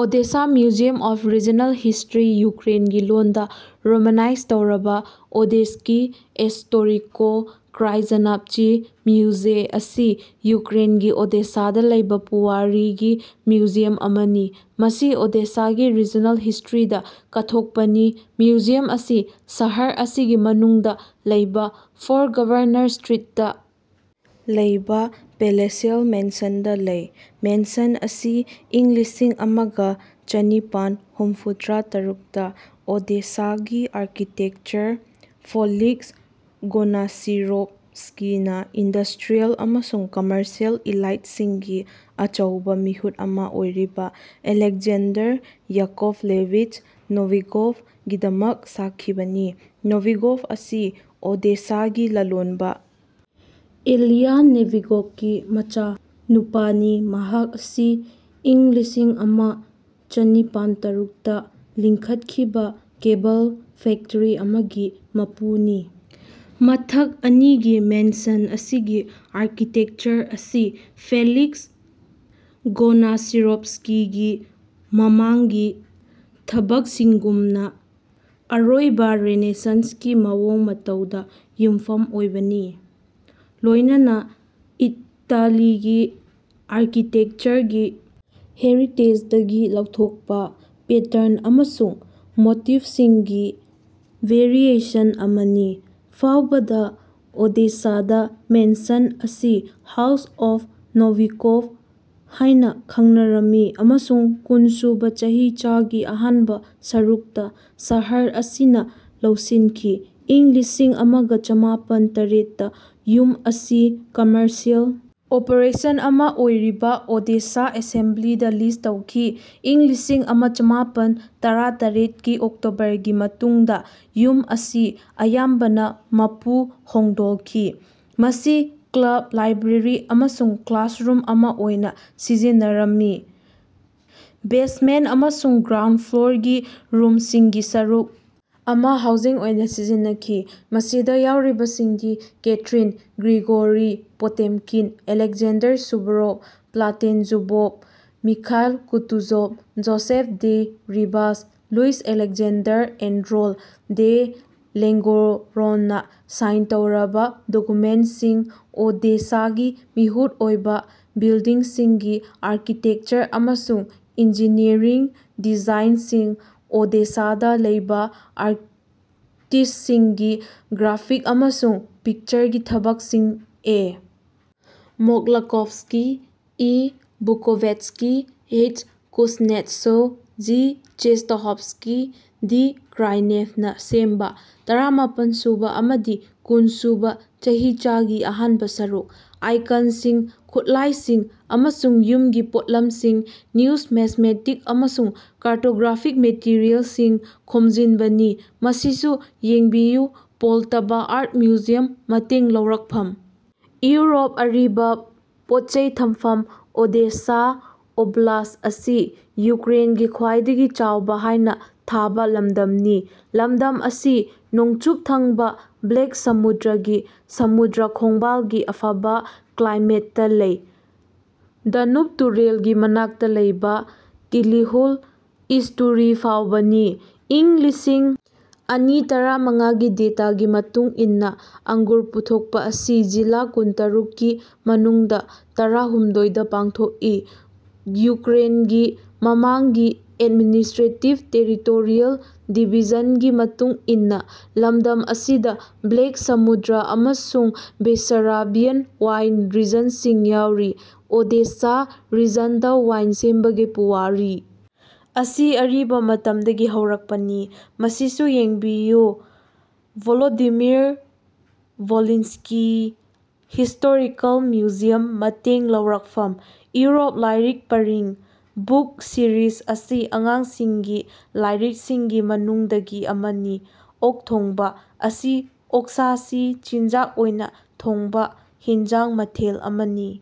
Odessa museum of regional history (ꯌꯨꯀ꯭ꯔꯦꯟꯒꯤ ꯂꯣꯟꯗꯥ romanise ꯇꯧꯔꯕꯥ: ꯑꯣꯗꯦꯁ꯭ꯀꯤ ꯏꯁ꯭ꯇꯣꯔꯤꯀꯣ-ꯀ꯭ꯔꯥꯏꯖꯅꯥꯚꯆꯤ ꯃꯨꯖꯦꯏ) ꯑꯁꯤ ꯌꯨꯀ꯭ꯔꯦꯟꯒꯤ ꯑꯣꯗꯦꯁꯥꯗꯥ ꯂꯩꯕꯥ ꯄꯨꯋꯥꯔꯤꯒꯤ ꯃ꯭ꯌꯨꯖꯤꯌꯝ ꯑꯃꯅꯤ꯫ ꯃꯁꯤ ꯑꯣꯗꯦꯁꯥꯒꯤ ꯔꯤꯖꯅꯦꯜ ꯍꯤꯁ꯭ꯇꯔꯤꯗꯥ ꯀꯠꯊꯣꯛꯄꯅꯤ꯫ ꯃ꯭ꯌꯨꯖꯤꯌꯝ ꯑꯁꯤ ꯁꯍꯔ ꯑꯁꯤꯒꯤ ꯃꯅꯨꯡꯗꯥ ꯂꯩꯕꯥ, ꯐꯣꯔ ꯒꯚꯥꯅꯥꯌꯥ ꯁ꯭ꯇꯔꯤꯠꯇꯥ ꯂꯩꯕꯥ ꯄꯦꯂꯦꯁꯤꯑꯦꯜ ꯃꯦꯟꯁꯟꯗꯥ ꯂꯩ꯫ ꯃꯦꯟꯁꯟ ꯑꯁꯤ ꯏꯪ ꯂꯤꯁꯤꯡ ꯑꯃ ꯒ ꯆꯅꯤꯄꯥꯟ ꯍꯨꯝꯐꯨꯇꯔꯥ ꯇꯔꯨꯛꯇꯥ ꯑꯣꯗꯦꯁꯥꯒꯤ ꯑꯥꯔꯀꯤꯇꯦꯛꯆꯔ ꯐꯦꯂꯤꯛꯁ ꯒꯣꯅꯁꯤꯔꯣꯚꯁ꯭ꯀꯤꯅꯥ ꯏꯟꯗꯁ꯭ꯇꯔꯤꯌꯦꯜ ꯑꯃꯁꯨꯡ ꯀꯝꯃꯔꯁꯤꯑꯦꯜ ꯏꯂꯤꯇꯁꯤꯡꯒꯤ ꯑꯆꯧꯕꯥ ꯃꯤꯍꯨꯠ ꯑꯃꯥ ꯑꯣꯏꯔꯤꯕꯥ ꯑꯂꯦꯛꯖꯦꯟꯗꯔ ꯌꯥꯀꯣꯚꯂꯦꯚꯤꯆ ꯅꯣꯚꯤꯀꯣꯚꯒꯤꯗꯃꯛ ꯁꯥꯈꯤꯕꯅꯤ꯫ ꯅꯣꯚꯤꯀꯣꯚ ꯑꯁꯤ ꯑꯣꯗꯦꯁꯥꯒꯤ ꯂꯂꯣꯟꯕꯥ ꯏꯂꯤꯌꯥ ꯅꯣꯚꯤꯀꯣꯚꯀꯤ ꯃꯆꯥꯅꯨꯄꯥꯅꯤ, ꯃꯍꯥꯛ ꯑꯁꯤ ꯏꯪ ꯂꯤꯁꯤꯡ ꯑꯃ ꯆꯅꯤꯄꯥꯟ ꯇꯔꯨꯛꯇꯥ ꯂꯤꯡꯈꯠꯈꯤꯕꯥ ꯀꯦꯕꯜ ꯐꯦꯛꯇ꯭ꯔꯤ ꯑꯃꯒꯤ ꯃꯄꯨꯅꯤ꯫ꯃꯊꯛ ꯑꯅꯤꯒꯤ ꯃꯦꯟꯁꯟ ꯑꯁꯤꯒꯤ ꯑꯥꯔꯀꯤꯇꯦꯀꯆꯔ ꯑꯁꯤ ꯐꯦꯂꯤꯛꯁ ꯒꯣꯅꯁꯤꯑꯣꯔꯣꯚꯁ꯭ꯀꯤꯒꯤ ꯃꯃꯥꯡꯒꯤ ꯊꯕꯛꯁꯤꯡꯒꯨꯝꯅꯥ, ꯑꯔꯣꯏꯕꯥ ꯔꯦꯅꯦꯁꯥꯟꯁꯀꯤ ꯃꯑꯣꯡ ꯃꯇꯧꯗꯥ ꯌꯨꯝꯐꯝ ꯑꯣꯏꯕꯅꯤ, ꯂꯣꯢꯅꯅ ꯏꯇꯥꯂꯤꯒꯤ ꯑꯥꯔꯀꯤꯇꯦꯛꯆꯔꯒꯤ ꯍꯦꯔꯤꯇꯦꯖꯗꯒꯤ ꯂꯧꯊꯣꯛꯄ ꯄꯦꯇ꯭ꯔꯟ ꯑꯃꯁꯨꯡ ꯃꯣꯇꯤꯐꯁꯤꯡꯒꯤ ꯚꯦꯔꯤꯑꯦꯁꯟ ꯑꯃꯥꯅꯤ꯫ ꯐꯥꯎꯕꯗꯥ ꯑꯣꯗꯦꯁꯥꯗꯥ ꯃꯦꯟꯁꯟ ꯑꯁꯤ "ꯍꯥꯎꯁ ꯑꯣꯐ ꯅꯣꯚꯤꯀꯣꯚ" ꯍꯥꯢꯅ ꯈꯪꯅꯔꯝꯃꯤ, ꯑꯃꯁꯨꯡ ꯀꯨꯟꯁꯨꯕꯥ ꯆꯍꯤꯆꯥꯒꯤ ꯑꯍꯥꯟꯕ ꯁꯔꯨꯛꯇꯥ ꯁꯍꯔ ꯑꯁꯤꯅꯥ ꯂꯧꯁꯤꯟꯈꯤ꯫ ꯏꯪ ꯂꯤꯁꯤꯡ ꯑꯃ ꯒ ꯆꯃꯥꯄꯟ ꯇꯔꯦꯠꯇꯥ ꯌꯨꯝ ꯑꯁꯤ ꯀꯝꯃꯔꯁꯤꯑꯦꯜ ꯑꯣꯄꯔꯦꯁꯟ ꯑꯃꯥ ꯑꯣꯏꯔꯤꯕ ꯑꯣꯗꯦꯁꯥ ꯑꯦꯁꯦꯝꯕꯂꯤꯗꯥ ꯂꯤꯖ ꯇꯧꯈꯤ꯫ ꯏꯪ ꯂꯤꯁꯤꯡ ꯑꯃ ꯆꯃꯥꯄꯟ ꯇꯔꯥꯇꯔꯦꯠꯀꯤ ꯑꯣꯛꯇꯣꯕꯔꯒꯤ ꯃꯇꯨꯡꯗꯥ ꯌꯨꯝ ꯑꯁꯤ ꯑꯌꯥꯝꯕꯅꯥ ꯃꯄꯨ ꯍꯣꯡꯗꯣꯜꯈꯤ꯫ ꯃꯁꯤ ꯀ꯭ꯂꯕ, ꯂꯥꯏꯕ꯭ꯔꯦꯔꯤ ꯑꯃꯁꯨꯡ ꯀ꯭ꯂꯥꯁꯔꯨꯝ ꯑꯃꯥ ꯑꯣꯏꯅꯥ ꯁꯤꯖꯤꯟꯅꯔꯝꯃꯤ꯫ ꯕꯦꯖꯃꯦꯟꯇ ꯑꯃꯁꯨꯡ ꯒ꯭ꯔꯥꯎꯟꯗ ꯐ꯭ꯂꯣꯔꯒꯤ ꯔꯨꯝꯁꯤꯡꯒꯤ ꯁꯔꯨꯛ ꯑꯃꯥ ꯍꯥꯎꯖꯤꯡ ꯑꯣꯏꯅꯥ ꯁꯤꯖꯤꯟꯅꯈꯤ꯫ ꯃꯁꯤꯗꯥ ꯌꯥꯎꯔꯤꯕꯁꯤꯡꯗꯤ: Catherine, Grigory Potemkin, Alexander Suvorov, Platon Zubov, Mikhail Kutuzov, Joseph de Ribas, Louis Alexander Andrault de ꯂꯦꯡꯒꯦꯔꯣꯅꯅꯥ ꯁꯥꯏꯟ ꯇꯧꯔꯕꯥ ꯗꯣꯀꯨꯃꯦꯟꯇꯁꯤꯡ ꯑꯣꯗꯦꯁꯥꯒꯤ ꯃꯤꯍꯨꯠ ꯑꯣꯏꯕꯥ ꯕꯤꯜꯗꯤꯡꯁꯤꯡꯒꯤ ꯑꯥꯔꯀꯤꯇꯦꯚꯆꯔ ꯑꯃꯁꯨꯡ ꯏꯟꯖꯤꯅꯤꯌ꯭ꯔꯤꯡ ꯗꯤꯖꯥꯏꯅꯁꯤꯡ; ꯑꯣꯗꯦꯁꯥꯗꯥ ꯂꯩꯕꯥ ꯑꯥꯔꯇꯤꯁ꯭ꯇꯁꯤꯡꯒꯤ ꯒ꯭ꯔꯥꯐꯤꯛ ꯑꯃꯁꯨꯡ ꯄꯤꯛꯆꯔꯒꯤ ꯊꯕꯛꯁꯤꯡ; A. Moklakovsky, E. Bukovetsky, H. Kuznetsov, G. Chestakhovsky, D. ꯀ꯭ꯔꯥꯏꯅꯦꯚꯅꯥ ꯁꯦꯝꯕꯥ ꯇꯔꯥꯃꯄꯟꯁꯨꯕꯥ ꯑꯃꯗꯤ ꯀꯨꯟꯁꯨꯕꯥ ꯆꯍꯤꯆꯥꯒꯤ ꯑꯍꯥꯟꯕ ꯁꯔꯨꯛ; ꯑꯥꯏꯀꯟꯁꯤꯡ, ꯈꯨꯠꯂꯥꯏꯁꯤꯡ ꯑꯃꯁꯨꯡ ꯌꯨꯝꯒꯤ ꯄꯣꯠꯂꯝꯁꯤꯡ, ꯅ꯭ꯌꯨꯃꯤꯖꯃꯦꯇꯤꯛ ꯑꯃꯁꯨꯡ ꯀꯥꯔꯇꯣꯒ꯭ꯔꯥꯐꯤꯛ ꯃꯦꯇꯔꯤꯑꯦꯜꯁꯤꯡ ꯈꯣꯝꯖꯤꯟꯕꯅꯤ꯫ ꯃꯁꯤꯁꯨ ꯌꯦꯡꯕꯤꯌꯨ ꯄꯣꯜꯇꯥꯚꯥ ꯑꯥꯔ꯭ꯠ ꯃ꯭ꯌꯨꯖꯤꯌꯝ ꯃꯇꯦꯡ ꯂꯧꯔꯛꯐꯝ :ꯏꯎꯔꯣꯞ ꯑꯔꯤꯕ ꯄꯣꯠꯆꯩ ꯊꯝꯐꯝ ꯑꯣꯗꯦꯁꯥ ꯑꯣꯕ꯭ꯂꯥꯁ꯭ꯠ ꯑꯁꯤ ꯌꯨꯀ꯭ꯔꯦꯟꯒꯤ ꯈ꯭ꯋꯥꯏꯗꯒꯤ ꯆꯥꯎꯕꯥ ꯍꯥꯏꯅ ꯊꯥꯕ ꯂꯝꯗꯝꯅꯤ꯫ ꯂꯃꯗꯝ ꯑꯁꯤ ꯅꯣꯡꯆꯨꯞ ꯊꯪꯕꯥ ꯕ꯭ꯂꯦꯛ ꯁꯃꯨꯗ꯭ꯔꯒꯤ ꯁꯃꯨꯗ꯭ꯔ ꯈꯣꯡꯕꯥꯜꯒꯤ ꯑꯐꯕꯥ ꯀ꯭ꯂꯥꯏꯃꯦꯠꯇꯥ ꯂꯩ, ꯗꯅꯨꯕ ꯇꯨꯔꯦꯜꯒꯤ ꯃꯅꯥꯛꯇꯥ ꯂꯩꯕꯥ ꯇꯤꯂꯤꯍꯨꯜ ꯏꯁ꯭ꯇꯨꯔꯤ ꯐꯥꯎꯕꯅꯤ꯫ ꯏꯪ ꯂꯤꯁꯤꯡ ꯑꯅꯤ ꯇꯔꯥꯃꯉꯥꯒꯤ ꯗꯦꯇꯥꯒꯤ ꯃꯇꯨꯡ ꯏꯟꯅꯥ, ꯑꯡꯒꯨꯔ ꯄꯨꯊꯣꯛꯄ ꯑꯁꯤ ꯖꯤꯂꯥ ꯀꯨꯟꯇꯔꯨꯛꯀꯤ ꯃꯅꯨꯡꯗꯥ ꯇꯔꯥꯍꯨꯝꯗꯣꯏꯗꯥ ꯄꯥꯡꯊꯣꯛꯏ (ꯌꯨꯀ꯭ꯔꯦꯟꯒꯤ ꯃꯃꯥꯡꯒꯤ ꯑꯦꯗꯃꯤꯅꯤꯁ꯭ꯠꯔꯦꯇꯤꯕ-ꯇꯦꯔꯤꯇꯣꯔꯤꯌꯜ ꯗꯤꯕꯤꯖꯟꯒꯤ ꯃꯇꯨꯡ ꯏꯟꯅꯥ) ꯂꯝꯗꯝ ꯑꯁꯤꯗꯥ ꯕ꯭ꯂꯦꯛ ꯁꯃꯨꯗ꯭ꯔ ꯑꯃꯁꯨꯡ ꯕꯦꯁꯥꯔꯥꯕꯤꯌꯥꯟ ꯋꯥꯏꯟ ꯔꯤꯖꯟꯁꯤꯡ ꯌꯥꯎꯔꯤ꯫ ꯑꯣꯗꯦꯁꯥ ꯔꯤꯖꯟꯗꯥ ꯋꯥꯏꯟ ꯁꯦꯝꯕꯒꯤ ꯄꯨꯋꯥꯔꯤ ꯑꯁꯤ ꯑꯔꯤꯕꯥ ꯃꯇꯝꯗꯒꯤ ꯍꯧꯔꯛꯄꯅꯤ꯫ ꯃꯁꯤꯁꯨ ꯌꯦꯡꯕꯤꯌꯨ ꯚꯣꯂꯣꯗꯤꯃꯤꯔ-ꯚꯣꯂꯤꯟꯁ꯭ꯀꯤ ꯍꯤꯁ꯭ꯇꯣꯔꯤꯀꯦꯜ ꯃ꯭ꯌꯨꯖꯤꯌꯝ ꯃꯇꯦꯡ ꯂꯧꯔꯛꯐꯝ :ꯏꯎꯔꯣꯞ ꯂꯥꯢꯔꯤꯛ ꯄꯔꯤꯡ (ꯕꯨꯛ ꯁꯤꯔꯤꯁ) ꯑꯁꯤ ꯑꯉꯥꯡꯁꯤꯡꯒꯤ ꯂꯥꯢꯔꯤꯛꯁꯤꯡꯒꯤ ꯃꯅꯨꯡꯗꯒꯤ ꯑꯃꯅꯤ꯫ "ꯑꯣꯛ ꯊꯣꯡꯕ" ꯑꯁꯤ ꯑꯣꯛꯁꯥꯁꯤ ꯆꯤꯟꯖꯥꯛ ꯑꯣꯢꯅꯕ ꯊꯣꯡꯕ ꯍꯤꯟꯖꯥꯡ ꯃꯊꯦꯜ ꯑꯃꯅꯤ꯫